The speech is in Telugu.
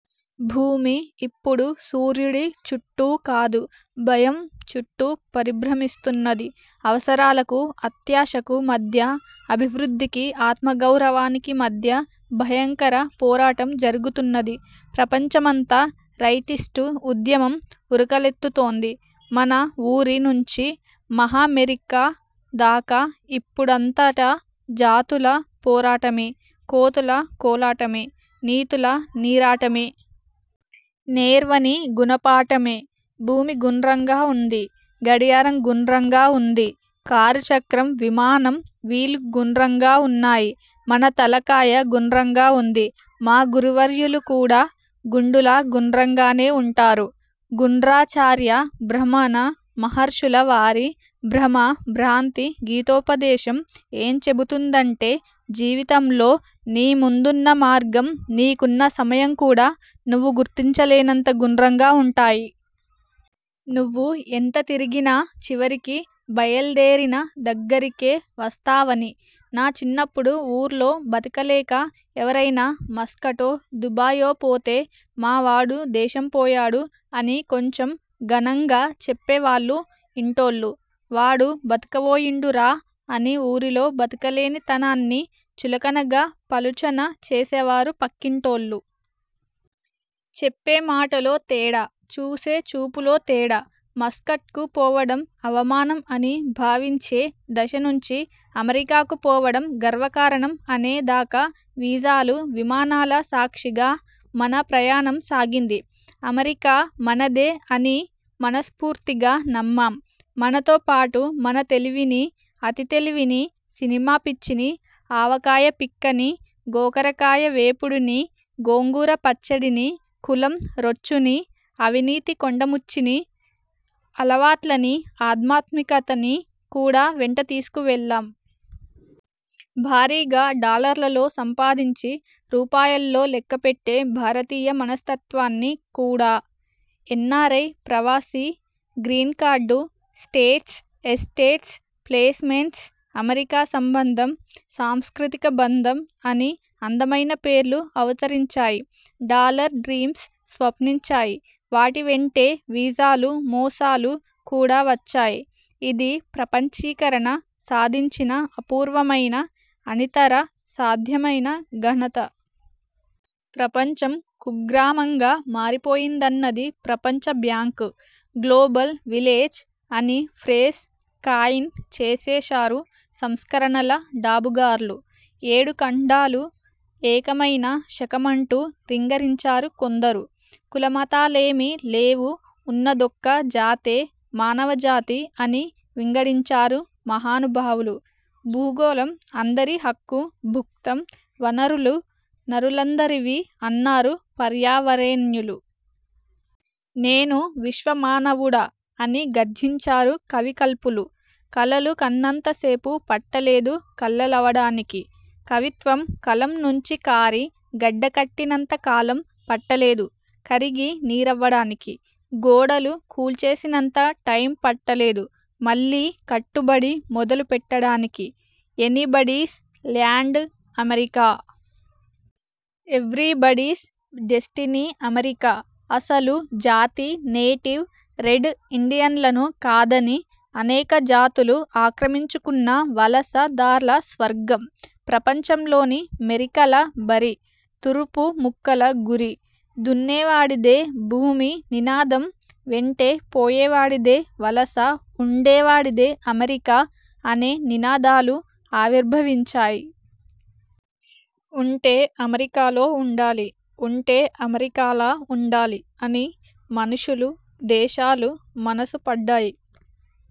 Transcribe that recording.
భూమి ఇప్పుడు సూర్యుడి చుట్టూ కాదు, భయం చుట్టూ పరిభ్రమిస్తున్నది. అవసరాలకు అత్యాశకు మధ్య, అభివృద్ధికి ఆత్మగౌరవానికి మధ్య భయంకర పోరాటం జరుగుతున్నది. ప్రపంచమంతా రైటిస్టు ఉద్యమం ఉరకలెత్తుతోంది. మన ఊరి నుంచి మహామెరికా దాకా ఇప్పుడంతటా జాతుల పోరాటమే! కోతుల కోలాటమే! నీతుల నీరాటమే! నేర్వని గుణ పాఠమే! భూమి గుండ్రంగా ఉంది. గడియారం గుండ్రంగా ఉంది. కారు చక్రం, విమానం వీల్ గుండ్రంగా ఉన్నాయి. మన తలకాయ గుండ్రంగా ఉంది. మా గురువర్యులు కూడా గుండులా గుండ్రంగానే ఉంటారు. గుండ్రాచార్య భ్రమణ మహర్షుల వారి భ్రమా భ్రాంతి గీతోపదేశం ఏం చెబుతుందంటే జీవితంలో నీ ముందున్న మార్గం, నీకున్న సమయం కూడా నువ్వు గుర్తించలేనంత గుండ్రంగా ఉంటాయి. నువ్వు ఎంత తిరిగినా, చివరికి బయల్దేరిన దగ్గరికే వస్తావని! నా చిన్నప్పుడు ఊర్లో బతకలేక ఎవరైనా మస్కటో, దుబాయో పోతే 'మా వాడు దేశం పోయాడు' అని కొంచెం ఘనంగా చెప్పేవాళ్లు ఇంటోళ్లు. 'వాడు బతకవోయిండురా' అని ఊరిలో బతకలేని తనాన్ని చులకనగా పలుచన చేసేవారు పక్కింటోళ్లు! చెప్పే మాటలో తేడా. చూసే చూపులో తేడా! మస్కట్కు పోవడం అవమానం అని భావించే దశ నుంచి, అమెరికాకు పోవడం గర్వకారణం అనే దాకా వీసాలు, విమానాల సాక్షిగా మన ప్రయాణం సాగింది. అమెరికా మనదే అని మనస్ఫూర్తిగా నమ్మాం. మనతో పాటు మన తెలివినీ, అతి తెలివినీ, సినిమా పిచ్చినీ, ఆవకాయ పిక్కనీ, గోకరకాయ వేపుడునీ, గోంగూర పచ్చడినీ, కులం రొచ్చునీ, అవినీతి కొండముచ్చునీ, అలవాట్లనీ, ఆధ్మాత్మికతనీ కూడా వెంట తీసుకువెళ్లాం. భారీగా డాలర్లలో సంపాదించి రూపాయల్లో లెక్కపెట్టే భారతీయ మనస్తత్వాన్ని కూడా! ఎన్నారై, ప్రవాసీ, green card, states, estates, placements, America సంబంధం, సాంస్కృతిక బంధం అని అందమైన పేర్లు అవతరించాయి. Dollar dreams స్వప్నించాయి. వాటి వెంటే వీసాలు, మోసాలు కూడా వచ్చాయి. ఇదీ ప్రపంచీకరణ సాధించిన అపూర్వమైన, అనితర సాధ్యమైన ఘనత! ప్రపంచం కుగ్రామంగా మారిపోయిందన్నది ప్రపంచ బ్యాంకు. గ్లోబల్ విలేజ్ అని ఫ్రేజ్ కాయిన్ చేసేశారు సంస్కరణల డాబుగార్లు. ఏడు ఖండాలూ ఏకమైన శకమంటూ రింగరించారు కొందరు. కులమతాలేమీ లేవు, ఉన్నదొక్క జాతే. మానవ జాతి అని వింగడించారు మహానుభావులు భూగోళం అందరి హక్కు భుక్తం, వనరులు నరులందరివీ అన్నారు పర్యావరేణ్యులు. 'నేను విశ్వ మానవుడ' అని గర్జించారు కవికల్పులు! కలలు కన్నంత సేపు పట్టలేదు కల్లలవడానికి! కవిత్వం కలం నుంచి కారి గడ్డ కట్టినంత కాలం పట్టలేదు, కరిగి నీరవ్వడానికి! గోడలు కూల్చేసినంత టైం పట్టలేదు, మళ్లీ కట్టుబడి మొదలు పెట్టడానికి! Anybody's land America! Everybody's destiny America! అసలు జాతి నేటివ్ రెడ్ ఇండియన్లను కాదని, అనేక జాతులు ఆక్రమించుకున్న వలస దార్ల స్వర్గం! ప్రపంచంలోని మెరికల బరి! తురుపు ముక్కల గురి! దున్నేవాడిదే భూమి నినాదం వెంటే పోయేవాడిదే వలస ఉండే వాడిదే అమెరికా అనే నినాదాలూ ఆవిర్భవించాయి. 'ఉంటే అమెరికాలో ఉండాలి. ఉంటే అమెరికాలా ఉండాలి'అని మనుషులు, దేశాలు మనసు పడ్డాయి.